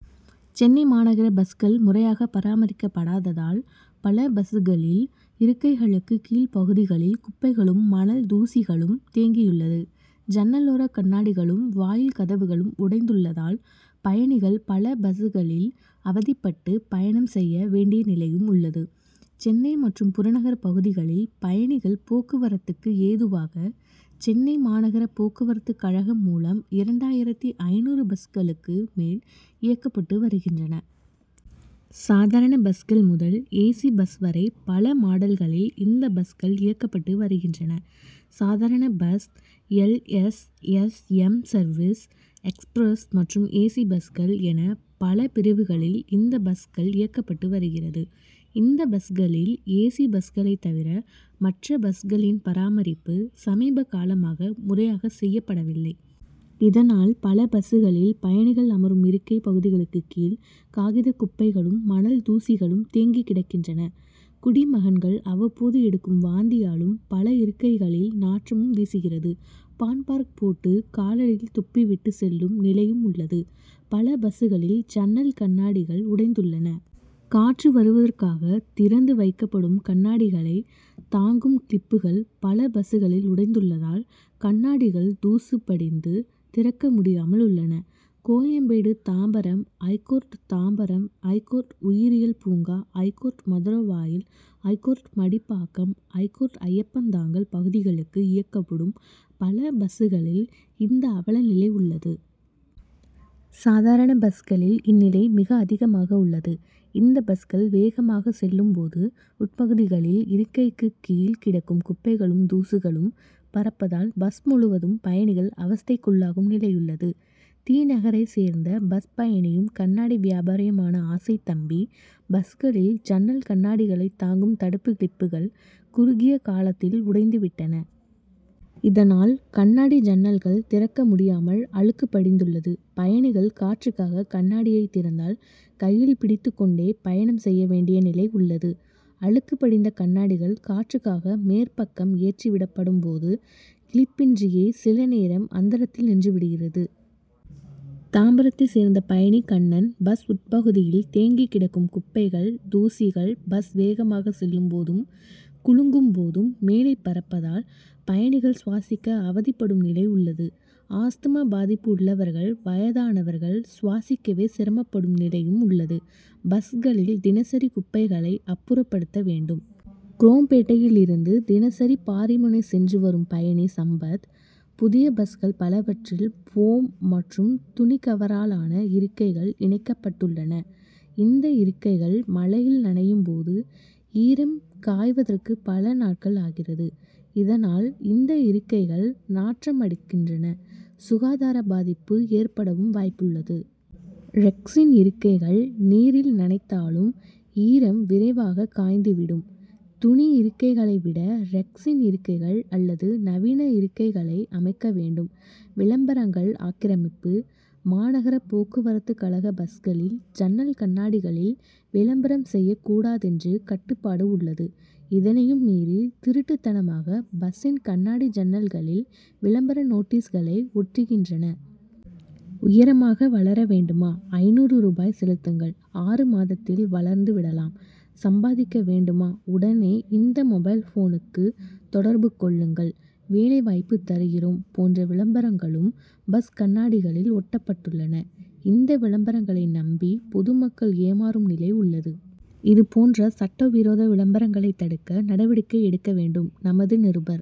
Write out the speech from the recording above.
சென்னை மாநகர பஸ்கள், முறையாக பராமரிக்கப்படாததால், பல பஸ்களில், இருக்கைகளுக்கு கீழ்பகுதிகளில், குப்பைகளும், மணல் தூசிகளும், தேங்கியுள்ளது. ஜன்னலோர கண்ணாடிகளும், வாயில் கதவுகளும் உடைந்துள்ளதால், பயணிகள் பல பஸ்களில், அவதிப்பட்டு பயணம் செய்ய வேண்டிய நிலையும் உள்ளது. சென்னை மற்றும் புறநகர் பகுதிகளில், பயணிகள் போக்குவரத்துக்கு ஏதுவாக, சென்னை மாநகர போக்குவரத்து கழகம் மூலம், இரண்டாயிரத்து ஐந்நூறு பஸ் களுக்கு மேல், இயக்கப்பட்டு வருகின்றன. சாதாரண பஸ்கள் முதல், "ஏசி' பஸ் வரை, பல மாடல்களில், இந்த பஸ்கள் இயக்கப்பட்டு வருகின்றன. சாதாரண bus, L. S. S., M., service, express மற்றும் ஏசி பஸ்கள் என பல பிரிவுகளில், இந்த பஸ்கள் இயக்கப்பட்டு வருகிறது. இந்த பஸ்களில் ஏசி பஸ்களை தவிர, மற்ற பஸ்களின் பராமரிப்பு, சமீபகாலமாக முறையாக செய்யப்படவில்லை. இதனால் பல பஸ்களில், பயணிகள் அமரும் இருக்கை பகுதிகளுக்கு கீழ், காகித குப்பைகளும், மணல் தூசிகளும், தேங்கி கிடக் கின்றன. குடிமகன்கள் அவ்வப்போது எடுக்கும் வாந்தியாலும், பல இருக்கைகளில் நாற்றமும் வீசுகிறது. பான்பராக் போட்டு, காலடியில் துப்பிவிட்டு செல்லும், நிலையும் உள்ளது. பல பஸ்களில், ஜன்னல் கண்ணாடி கள் உடைந்துள்ளன. காற்று வருவ தற்காக, திறந்து வைக்கப்படும் கண் ணாடிகளை தாங்கும் கிளிப்புகள், பல பஸ்களில் உடைந்துள்ளதால், கண்ணாடிகள் தூசு படிந்து, திறக்க முடியாமல் உள்ளன. கோயம்பேடு தாம்பரம், ஐகோர்ட் தாம்பரம், ஐகோர்ட் உயிரியல் பூங்கா, ஐகோர்ட் மதுர வாயல், ஐகோர்ட்-மடிப்பாக்கம், ஐகோர்ட் ஐயப்பன்தாங்கல் பகுதிகளுக்கு இயக்கப்படும் பல பஸ்களில், இந்த அவல நிலை உள்ளது. சாதாரண பஸ் களில், இந்நிலை மிக அதிகமாக உள்ளது. இந்த பஸ்கள், வேகமாக செல்லும் போது, உட்பகுதிகளில் இருக்கைக்கு கீழ் கிடக்கும் குப்பைகளும், தூசுகளும் பறப்பதால், பஸ் முழுவதும் பயணிகள் அவஸ்தைக் குள்ளாகும் நிலையுள்ளது. தி. நகரை சேர்ந்த பஸ் பயணியும், கண்ணாடி வியாபாரியுமான ஆசைத் தம்பி: பஸ்களில், ஜன்னல் கண்ணாடிகளை தாங்கும் தடுப்பு கிளிப்புகள், குறுகிய காலத்தில் உடைந்து விட்டன. இதனால், கண்ணாடி ஜன்னல்கள் திறக்க முடியாமல், அழுக்கு படிந்துள்ளது. பயணிகள் காற்றுக்காக கண் ணாடியை திறந்தால், கையில் பிடித்து கொண்டே, பயணம் செய்ய வேண்டிய நிலை உள்ளது. அழுக்கு படிந்த கண்ணாடிகள், காற்றுக்காக மேற்பக்கம் ஏற்றி விடப்படும் போது, கிளிப்பின்றியே சில நேரம், அந்தரத்தில் நின்று விடுகிறது. தாம்பரத்தை சேர்ந்த பயணி கண்ணன்: பஸ் உட்பகுதியில், தேங்கி கிடக்கும் குப்பைகள், தூசிகள் பஸ் வேகமாக செல்லும் போதும், குலுங்கும் போதும், மேலே பறப்பதால், பயணிகள் சுவாசிக்க அவதிப்படும் நிலை உள்ளது. ஆஸ்துமா பாதிப்பு உள்ளவர்கள், வயதானவர்கள், சுவாசிக்கவே சிரமப்படும் நிலையும் உள்ளது. பஸ்களில் தினசரி குப்பைகளை, அப்புறப்படுத்த வேண்டும். குரோம்பேட்டையிலிருந்து, தினசரி பாரிமுனை சென்று வரும் பயணி சம்பத்: புதிய பஸ்கள் பலவற்றில், போம்' மற்றும் துணிக்கவராலான இருக்கைகள் இணைக்கப்பட் டுள்ளன. இந்த இருக்கைகள் மழையில் நனையும் போது, ஈரம் காய்வதற்கு, பல நாட்கள் ஆகிறது. இதனால், இந்த இருக்கைகள் நாற்றமடிக் கின்றன. சுகாதார பாதிப்பு ஏற் படவும் வாய்ப்புள்ளது. ரெக்சின் இருக்கைகள் நீரில் நனைத்தாலும், ஈரம் விரைவாக காய்ந்து விடும். துணி இருக்கைகளை விட, ரெக்சின் இருக்கைகள் அல்லது நவீன இருக்கைகளை அமைக்க வேண்டும். விளம்பரங்கள் ஆக்கிரமிப்பு: மாநகர போக்குவரத்து கழக பஸ்களில், ஜன்னல் கண்ணாடிகளில், விளம்பரம் செய்யக் கூடாதென்று கட்டுப்பாடு உள்ளது. இதனையும் மீறி திருட்டுத்தனமாக, பஸ்சின் கண்ணாடி ஜன்னல்களில், விளம்பர நோட்டீஸ்களை ஒட்டுகின்றனர். உயரமாக வளர வேண்டுமா ஐந்நூறு ரூபாய் செலுத்துங்கள், ஆறு மாதத்தில் வளர்ந்து விடலாம், சம்பாதிக்க வேண்டுமா உடனே, இந்த மொபைல் போனுக்கு தொடர்பு கொள்ளுங்கள், வேலை வாய்ப்பு தருகிறோம்' போன்ற விளம்பரங்களும், பஸ் கண்ணாடிகளில் ஒட்டப்பட்டுள்ளன. இந்த விளம்பரங்களை நம்பி, பொதுமக்கள் ஏமாறும் நிலை உள்ளது. இதுபோன்ற சட்ட விரோத விளம்பரங்களை தடுக்க, நடவடிக்கை எடுக்க வேண்டும். -நமது நிருபர்-